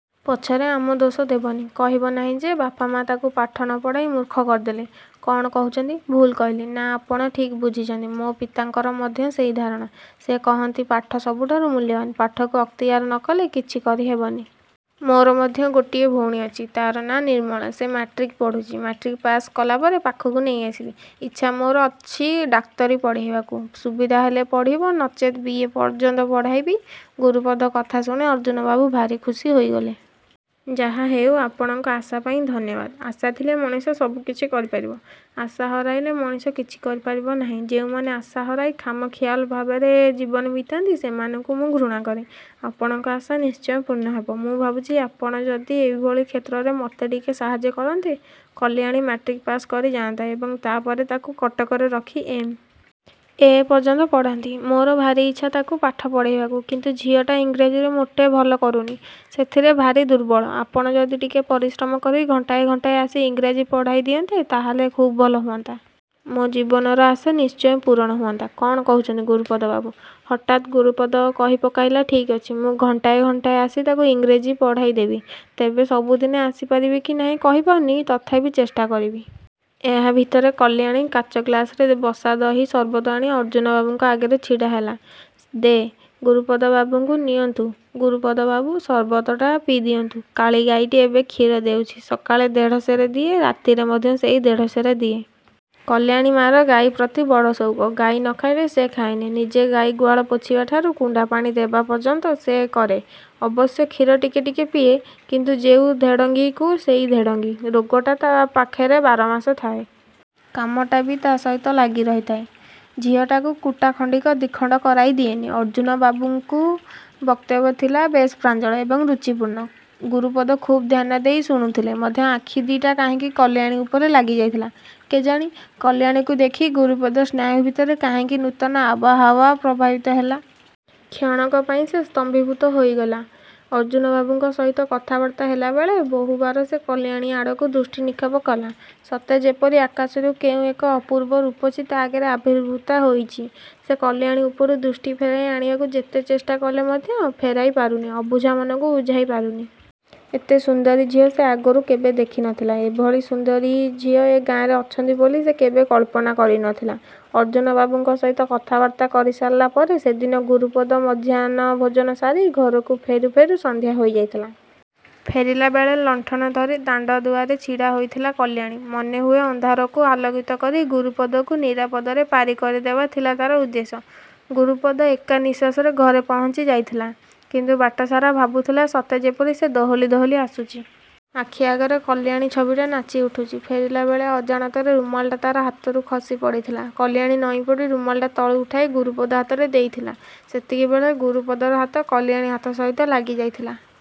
ପଛରେ ଆମ ଦୋଷ ଦେବନି। କହିବ ନାହିଁ ଯେ ବାପ ମା' ତାକୁ ପାଠ ନପଢ଼ାଇ ମୂର୍ଖ କରିଦେଲେ। କ'ଣ କହୁଛନ୍ତି, ଭୁଲ୍ କହିଲି? ନାଁ ଆପଣ ଠିକ୍ ବୁଝିଛନ୍ତି। ମୋ ପିତାଙ୍କର ମଧ୍ୟ ସେଇ ଧାରଣା। ସେ କହନ୍ତି ପାଠ ସବୁଠାରୁ ମୂଲ୍ୟବାନ୍। ପାଠକୁ ଅକ୍ତିଆର ନକଲେ କିଛି କରି ହେବନି। ମୋର ମଧ୍ୟ ଗୋଟିଏ ଭଉଣୀ ଅଛି। ତା'ର ନାଁ ନିର୍ମଳା। ସେ ମାଟ୍ରିକ୍ ପଢ଼ୁଛି। ମାଟ୍ରିକ୍ ପାଶ୍ କଲାପରେ ପାଖକୁ ନେଇଆସିବି। ଇଚ୍ଛା ମୋର ଅଛି ଡାକ୍ତରୀ ପଢ଼ାଇବାକୁ। ସୁବିଧା ହେଲେ ପଢ଼ିବ। ନଚେତ୍ ବିଏ ପର୍ଯ୍ୟନ୍ତ ପଢ଼ାଇବି। ଗୁରୁପଦ କଥା ଶୁଣି ଅର୍ଜ୍ଜୁନବାବୁ ଭାରି ଖୁସି ହୋଇଗଲେ। ଯାହାହେଉ ଆପଣଙ୍କ ଆଶାପାଇଁ ଧନ୍ୟବାଦ। ଆଶା ଥିଲେ ମଣିଷ ସବୁକିଛି କରିପାରିବ। ଆଶା ହରାଇଲେ ମଣିଷ କିଛି କରିପାରିବ ନାହିଁ। ଯେଉଁମାନେ ଆଶା ହରାଇ ଖାମଖିଆଲ ଭାବରେ ଜୀବନ ବିତାନ୍ତି ସେମାନଙ୍କୁ ମୁଁ ଘୃଣା କରେ। ଆପଣଙ୍କ ଆଶା ନିଶ୍ଚୟ ପୂର୍ଣ୍ଣ ହେବ। ମୁଁ ଭାବୁଛି ଆପଣ ଯଦି ଏହିଭଳି କ୍ଷେତ୍ରରେ ମୋତେ ଟିକେ ସାହାଯ୍ୟ କରନ୍ତେ, କଲ୍ୟାଣୀ ମାଟ୍ରିକ୍ ପାଶ୍ କରି ଯାଆନ୍ତା ଏବଂ ତା' ପରେ ତା'କୁ କଟକରେ ରଖି ଏମ୍. ଏ. ପର୍ଯ୍ୟନ୍ତ ପଢ଼ାନ୍ତି। ମୋର ଭାରି ଇଚ୍ଛା ତା'କୁ ପାଠ ପଢ଼ାଇବାକୁ କିନ୍ତୁ ଝିଅଟା ଇଂରାଜୀରେ ମୋଟେ ଭଲ କରୁନି। ସେଥିରେ ଭାରି ଦୁର୍ବଳ। ଆପଣ ଯଦି ଟିକେ ପରିଶ୍ରମ କରି ଘଣ୍ଟାଏ ଘଣ୍ଟାଏ ଆସି ଇଂରାଜୀ ପଢ଼ାଇ ଦିଅନ୍ତେ, ତାହାହେଲେ ଖୁବ୍ ଭଲ ହୁଅନ୍ତା। ମୋ ଜୀବନର ଆଶା ନିଶ୍ଚୟ ପୂରଣ ହୁଅନ୍ତା। କ'ଣ କହୁଛନ୍ତି ଗୁରୁପଦ ବାବୁ? ହଠାତ୍ ଗୁରୁପଦ କହି ପକାଇଲା ଠିକ୍ ଅଛି, ମୁଁ ଘଣ୍ଟାଏ ଘଣ୍ଟାଏ ଆସି ତା'କୁ ଇଂରେଜୀ ପଢ଼ାଇ ଦେବି। ତେବେ ସବୁଦିନେ ଆସି ପାରିବି କି ନାହିଁ କହିପାରୁନି। ତଥାପି ଚେଷ୍ଟା କରିବି। ଏହା ଭିତରେ କଲ୍ୟାଣୀ କାଚଗ୍ଳାସରେ ବସାଦହି ସର୍ବତ ଆଣି ଅର୍ଜ୍ଜୁନବାବୁଙ୍କ ଆଗରେ ଛିଡ଼ା ହେଲା। ଦେ, ଗୁରୁପଦ ବାବୁଙ୍କୁ। ନିଅନ୍ତୁ ଗୁରୁପଦ ବାବୁ, ସର୍ବତଟା ପିଇଦିଅନ୍ତୁ। କାଳି ଗାଈଟି ଏବେ କ୍ଷୀର ଦେଉଛି। ସକାଳେ ଦେଢ଼ ସେରେ ଦିଏ, ରାତିରେ ମଧ୍ୟ ସେଇ ଦେଢ଼ସେରେ ଦିଏ। କଲ୍ୟାଣୀ ମା'ର ଗାଈ ପ୍ରତି ବଡ଼ ସଉକ। ଗାଈ ନଖାଇଲେ ସେ ଖାଏନି। ନିଜେ ଗାଈ ଗୁହାଳ ପୋଛିବାଠାରୁ କୁଣ୍ଡା ପାଣି ଦେବା ପର୍ଯ୍ୟନ୍ତ ସେ କରେ। ଅବଶ୍ୟ କ୍ଷୀର ଟିକେ ଟିକେ ପିଏ। କିନ୍ତୁ ଯେଉଁ ଧେଡ଼ଙ୍ଗିକୁ ସେଇ ଧେଡ଼ଙ୍ଗି। ରୋଗଟା ତା' ପାଖରେ ବାରମାସ ଥାଏ। କାମଟା ବି ତା' ସହିତ ଲାଗି ରହିଥାଏ। ଝିଅଟାକୁ କୁଟା ଖଣ୍ଡିକ ଦିଖଣ୍ଡ କରାଇ ଦିଏନି। ଅର୍ଜ୍ଜୁନବାବୁଙ୍କୁ ବକ୍ତବ୍ୟ ଥିଲା ବେଶ୍ ପ୍ରାଞ୍ଜଳ ଏବଂ ରୁଚିପୂର୍ଣ୍ଣ। ଗୁରୁପଦ ଖୁବ୍ ଧ୍ୟାନଦେଇ ଶୁଣୁଥିଲେ ମଧ୍ୟ ଆଖି ଦି'ଟା କାହିଁକି କଲ୍ୟାଣୀ ଉପରେ ଲାଗି ଯାଇଥିଲା, କେଜାଣି? କଲ୍ୟାଣୀକୁ ଦେଖି ଗୁରୁପଦ ସ୍ନାୟୁ ଭିତରେ କାହିଁକି ନୂତନ ଆବହାଓ୍ୱା ପ୍ରଭାବିତ ହେଲା। କ୍ଷଣକ ପାଇଁ ସେ ସ୍ତମ୍ଭୀଭୂତ ହୋଇଗଲା। ଅର୍ଜ୍ଜୁନବାବୁଙ୍କ ସହିତ କଥାବାର୍ତ୍ତା ହେଲାବେଳେ ବହୁବାର ସେ କଲ୍ୟାଣୀ ଆଡ଼କୁ ଦୃଷ୍ଟି ନିକ୍ଷେପ କଲା, ସତେ ଯେପରି ଆକାଶରୁ କେଉଁ ଏକ ଅପୂର୍ବ ରୂପସୀ ତା' ଆଗରେ ଆବିର୍ଭୁତା ହୋଇଛି। ସେ କଲ୍ୟାଣୀ ଉପରୁ। ଦୃଷ୍ଟି ଫେରାଇ ଆଣିବାକୁ ଯେତେ ଚେଷ୍ଟା କଲେ ମଧ୍ୟ ଫେରାଇ ପାରୁନି–ଅବୁଝା ମନକୁ ବୁଝାଇ ପାରୁନି। ଏତେ ସୁନ୍ଦରୀ ଝିଅ ସେ ଆଗରୁ କେବେ ଦେଖି ନଥିଲା। ଏଭଳି ସୁନ୍ଦରୀ ଝିଅ ଏ ଗାଁରେ ଅଛନ୍ତି ବୋଲି ସେ କେବେ କଳ୍ପନା କରି ନ ଥିଲା। ଅର୍ଜ୍ଜୁନବାବୁଙ୍କ ସହିତ କଥାବାର୍ତ୍ତା କରିସାରିଲା ପରେ ସେଦିନ ଗୁରପଦ ମଧ୍ୟାହ୍ନ ଭୋଜନ ସାରି ଘରକୁ ଫେରୁ ଫେରୁ ସନ୍ଧ୍ୟା ହୋଇ ଯାଇଥିଲା। ଫେରିଲାବେଳେ ଲଣ୍ଠନ ଧରି ଦାଣ୍ଡ ଦୁଆରେ ଛିଡ଼ା ହୋଇଥିଲା କଲ୍ୟାଣୀ। ମନେ ହୁଏ ଅନ୍ଧକାରକୁ ଆଲୋକିତ କରି ଗୁରୁପଦକୁ ନିରାପଦରେ ପାରି କରି ଦେବା ଥିଲା ତା'ର ଉଦ୍ଦେଶ୍ୟ। ଗୁରୁପଦ ଏକା ନିଶ୍ୱାସରେ ଘରେ ପହଞ୍ଚି ଯାଇଥିଲା। କିନ୍ତୁ ବାଟ ସାରା ଭାବୁଥିଲା ସତେ ଯେପରି ସେ ଦୋହଲି ଦୋହଲି ଆସୁଛି। ଆଖି ଆଗରେ କଲ୍ୟାଣୀ ଛବିଟା ନାଚି ଉଠୁଛି। ଫେରିଲାବେଳେ ଅଜାଣତରେ ରୁମାଲଟା ତା'ର ହାତରୁ ଖସି ପଡ଼ିଥିଲା। କଲ୍ୟାଣ ନଇଁପଡ଼ି ରୁମାଲ୍ଟା ତଳୁ ଉଠାଇ ଗୁରୁପଦ ହାତରେ ଦେଇଥିଲା। ସେତିକିବେଳେ ଗୁରୁପଦର ହାତ କଲ୍ୟାଣୀ ହାତ ସହିତ ଲାଗିଯାଇଥିଲା।